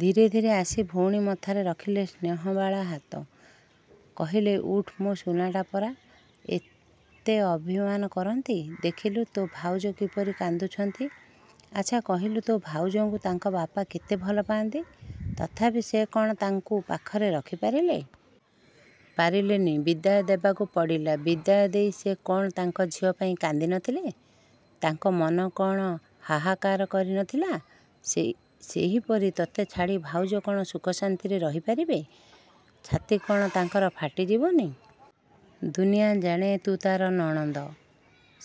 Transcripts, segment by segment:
ଧୀରେ ଧୀରେ ଆସି ଭଉଣୀ ମଥାରେ ରଖିଲେ ସ୍ନେହବାଳା ହାତ। କହିଲେ ଉଠ୍ ମୋ ସୁନାଟି ପରା। ଏତେ ଅଭିମାନ କରନ୍ତି? ଦେଖିଲୁ ତୋ ଭାଉଜ କିପରି କାନ୍ଦୁଛନ୍ତି। ଆଚ୍ଛା କହିଲୁ ତୋ ଭାଉଜଙ୍କୁ ତାଙ୍କ ବାପା କେତେ ଭଲ ପାଆନ୍ତି। ତଥାପି ସେ କ'ଣ ତାଙ୍କୁ ପାଖରେ ରଖି ପାରିଲେ? ପାରିଲେନି। ବିଦାୟ ଦେବାକୁ ପଡ଼ିଲା। ବିଦାୟ ଦେଇ ସେ କ'ଣ ତାଙ୍କ ଝିଅ ପାଇଁ କାନ୍ଦି ନଥିଲେ? ତାଙ୍କ ମନ କ'ଣ ହାହାକାର କରି ନଥିଲା? ସେ ସେହିପରି ତତେ ଛାଡ଼ି ଭାଉଜ କ'ଣ ସୁଖ ଶାନ୍ତିରେ ରହି ପାରିବେ? ଛାତି କ'ଣ ତାଙ୍କର ଫାଟି ଯିବନି? ଦୁନିଆ ଜାଣେ ତୁ ତା'ର ନଣନ୍ଦ।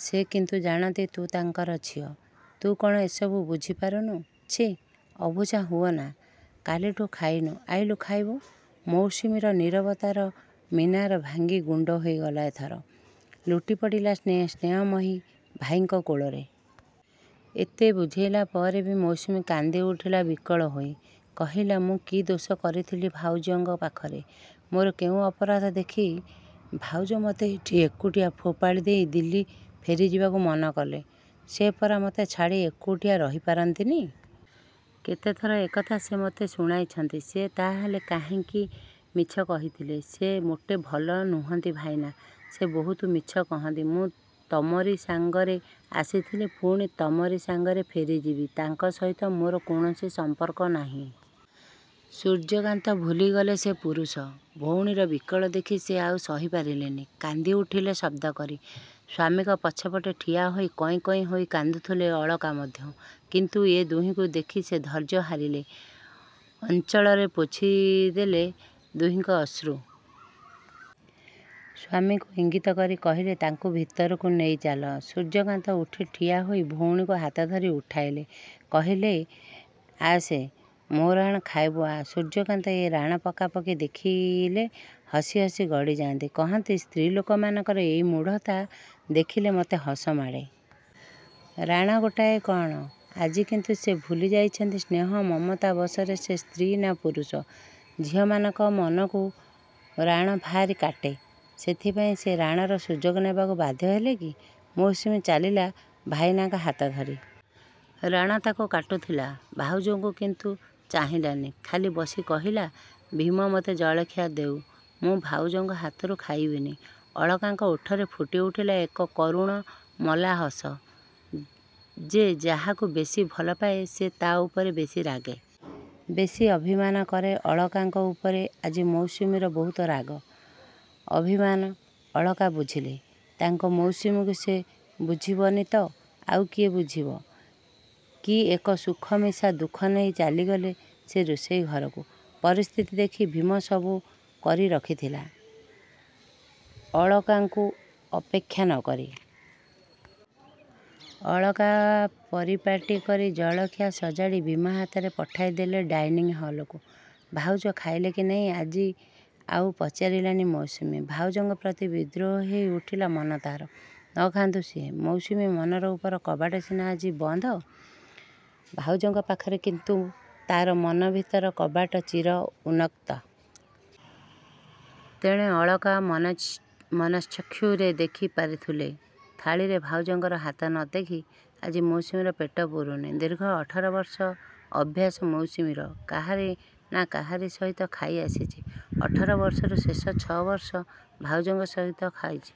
ସେ କିନ୍ତୁ ଜାଣନ୍ତି ତୁ ତାଙ୍କର ଝିଅ। ତୁ କ'ଣ ଏସବୁ ବୁଝି ପାରୁନୁ। ଛି, ଅବୁଝା ହୁଅନା। କାଲିଠୁ ଖାଇନୁ, ଆଇଲୁ ଖାଇବୁ। ମୌସୁମୀର ନିରବତାର ମିନାର ଭାଙ୍ଗି ଗୁଣ୍ଡ ହୋଇଗଲା ଏଥର। ଲୁଟି ପଡ଼ିଲା ସେ ସ୍ନେହମୟ ଭାଇଙ୍କ କୋଳରେ। ଏତେ ବୁଝାଇଲା ପରେ ବି ମୌସୁମୀ କାନ୍ଦି ଉଠିଲା ବିକଳ ହୋଇ। କହିଲା ମୁଁ କି ଦୋଷ କରିଥିଲି ଭାଉଜଙ୍କ ପାଖରେ। ମୋର କେଉଁ ଅପରାଧ ଦେଖି ଭାଉଜ ମୋତେ ଏଠି ଏକୁଟିଆ ଫୋପାଡ଼ି ଦେଇ ଦିଲ୍ଲୀ ଫେରିଯିବାକୁ ମନ କଲେ? ସେ ପରା ମୋତେ ଛାଡ଼ି ଏକୁଟିଆ ରହି ପାରନ୍ତିନି! କେତେଥର ଏକଥା ସେ ମୋତେ ଶୁଣାଇଛନ୍ତି। ସେ ତାହାହେଲେ କାହିଁକି ମିଛ କହିଥିଲେ? ସେ ମୋଟେ ଭଲ ନୁହଁନ୍ତି ଭାଇନା, ସେ ବହୁତ ମିଛ କହନ୍ତି। ମୁଁ ତମରି ସାଙ୍ଗରେ ଆସିଥିଲି, ପୁଣି ତମରି ସାଙ୍ଗରେ ଫେରିଯିବି। ତାଙ୍କ ସହିତ ମୋର କୌଣସି ସମ୍ପର୍କ ନାହିଁ। ସୂର୍ଯ୍ୟକାନ୍ତ ଭୁଲିଗଲେ ସେ ପୁରୁଷ। ଭଉଣୀର ବିକଳ ଦେଖି ସେ ଆଉ ସହି ପାରିଲେନି। କାନ୍ଦି ଉଠିଲେ ଶବ୍ଦ କରି। ସ୍ୱାମୀଙ୍କ ପଛପଟେ ଠିଆ ହୋଇ କଇଁ କଇଁ ହୋଇ କାନ୍ଦୁଥିଲେ ଅଳକା ମଧ୍ୟ। କିନ୍ତୁ ଏ ଦୁହିଁଙ୍କୁ ଦେଖି ସେ ଧୈର୍ଯ୍ୟ ଧରିଲେ। ଅଞ୍ଚଳରେ ପୋଛି ଦେଲେ ଦୁହିଁଙ୍କ ଅଶ୍ରୁ। ସ୍ୱାମୀଙ୍କୁ ଇଙ୍ଗିତ କରି କହିଲେ ତାକୁ ଭିତରକୁ ନେଇ ଚାଲ। ସୂର୍ଯ୍ୟକାନ୍ତ ଉଠି ଠିଆ ହୋଇ ଭଉଣୀକୁ ହାତ ଧରି ଉଠାଇଲେ। କହିଲେ ଆସେ, ମୋ ରାଣ ଖାଇବୁ ଆ। ସୂର୍ଯ୍ୟକାନ୍ତ ଏ ରାଣ ପକାପକି ଦେଖିଲେ ହସି ହସି ଗଡ଼ି ଯାଆନ୍ତି। କହନ୍ତି ସ୍ତ୍ରୀଲୋକମାନଙ୍କର ଏଇ ମୂଢ଼ତା ଦେଖିଲେ ମୋତେ ହସ ମାଡ଼େ। ରାଣ ଗୋଟାଏ କ'ଣ? ଆଜି କିନ୍ତୁ ସେ ଭୁଲି ଯାଇଛନ୍ତି ସ୍ନେହ ମମତା ବସରେ ସେ ସ୍ତ୍ରୀ ନା ପୁରୁଷ। ଝିଅମାନଙ୍କ ମନକୁ ରାଣ ଭାରି କାଟେ। ସେଥିପାଇଁ ସେ ରାଣର ସୁଯୋଗ ନେବାକୁ ବାଧ୍ୟ ହେଲେ କି? ମୌସୁମୀ ଚାଲିଲା ଭାଇନାଙ୍କ ହାତ ଧରି। ରାଣ ତାକୁ କାଟୁ ଥିଲା। ଭାଉଜଙ୍କୁ କିନ୍ତୁ ଚାହିଁଲାନି। ଖାଇ ବସି କହିଲା ଭୀମ ମୋତେ ଜଳଖିଆ ଦେଉ, ମୁଁ ଭାଉଜଙ୍କ ହାତରୁ ଖାଇବିନି। ଅଳକାଙ୍କ ଓଠରେ ଫୁଟି ଉଠିଲା ଏକ କରୁଣ ମଲା ହସ। ଯେ ଯାହାକୁ ବେଶୀ ଭଲ ପାଏ ସେ ତା' ଉପରେ ବେଶୀ ରାଗେ। ବେଶୀ ଅଭିମାନ କରେ। ଅଳକାଙ୍କ ଉପରେ ଆଜି ମୌସୁମୀର ବହୁତ ରାଗ, ଅଭିମାନ। ଅଳକା ବୁଝିଲେ। ତାଙ୍କ ମୌସୁମୀକୁ ସେ ବୁଝିବନି ତ ଆଉ କିଏ ବୁଝିବ! କି ଏକ ସୁଖ ମିଶା ଦୁଃଖ ନେଇ ଚାଲିଗଲେ ସେ ରୋଷେଇ ଘରକୁ। ପରିସ୍ଥିତି ଦେଖି ଭୀମ ସବୁ କରି ରଖିଥିଲା ଅଳକାଙ୍କୁ ଅପେକ୍ଷା ନ କରି। ଅଳକା ପରିପାଟି କରି ଜଳଖିଆ ସଜାଡ଼ି ଭୀମ ହାତରେ ପଠାଇ ଦେଲେ ଡାଇନିଂ ହଲକୁ। ଭାଉଜ ଖାଇଲେ କି ନାହିଁ ଆଜି ଆଉ ପଚାରିଲାନି ମୌସୁମୀ। ଭାଉଜଙ୍କ ପ୍ରତି ବିଦ୍ରୋହୀ ହୋଇ ଉଠିଲା ମନ ତା'ର। ନ ଖାଆନ୍ତୁ ସିଏ। ମୌସୁମୀ ମନର ଉପର କବାଟ ସିନା ଆଜି ବନ୍ଦ, ଭାଉଜଙ୍କ ପାଖରେ କିନ୍ତୁ ତା'ର ମନର ଭିତର କବାଟ ଚିର ଉନ୍ମୁକ୍ତ। ତେଣେ ଅଳକା ମନଶ୍ଚକ୍ଷୁରେ ଦେଖି ପାରୁଥିଲେ ଥାଳିରେ ଭାଉଜଙ୍କର ହାତ ନ ଦେଖି ଆଜି ମୌସୁମୀର ପେଟ ପୁରୁନି। ଦୀର୍ଘ ଅଠର ବର୍ଷ ଅଭ୍ୟାସ ମୌସୁମୀର, କାହାରି ନା କାହାରି ସହିତ ଖାଇ ଆସିଛି। ଅଠର ବର୍ଷରୁ ଶେଷ ଛଅ ବର୍ଷ ଭାଉଜଙ୍କ ସହିତ ଖାଇଛି।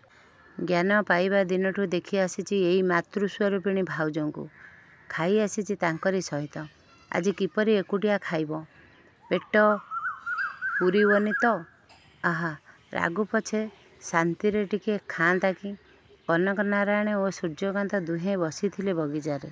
ଜ୍ଞାନ ପାଇବା ଦିନଠୁ ଦେଖି ଆସୁଛି ଏଇ ମାତୃ ସ୍ୱରୂପିଣୀ ଭାଉଜଙ୍କୁ। ଖାଇ ଆସିଛି ତାଙ୍କରି ସହିତ। ଆଜି କିପରି ଏକୁଟିଆ ଖାଇବ! ପେଟ ପୁରିବନି ତ। ଆହା, ରାଗୁ ପଛେ ଶାନ୍ତିରେ ଟିକେ ଖାଆନ୍ତା କି! କନକନାରାୟଣ ଓ ସୂର୍ଯ୍ୟକାନ୍ତ ଦୁହେଁ ବସିଥିଲେ ବଗିଚାରେ।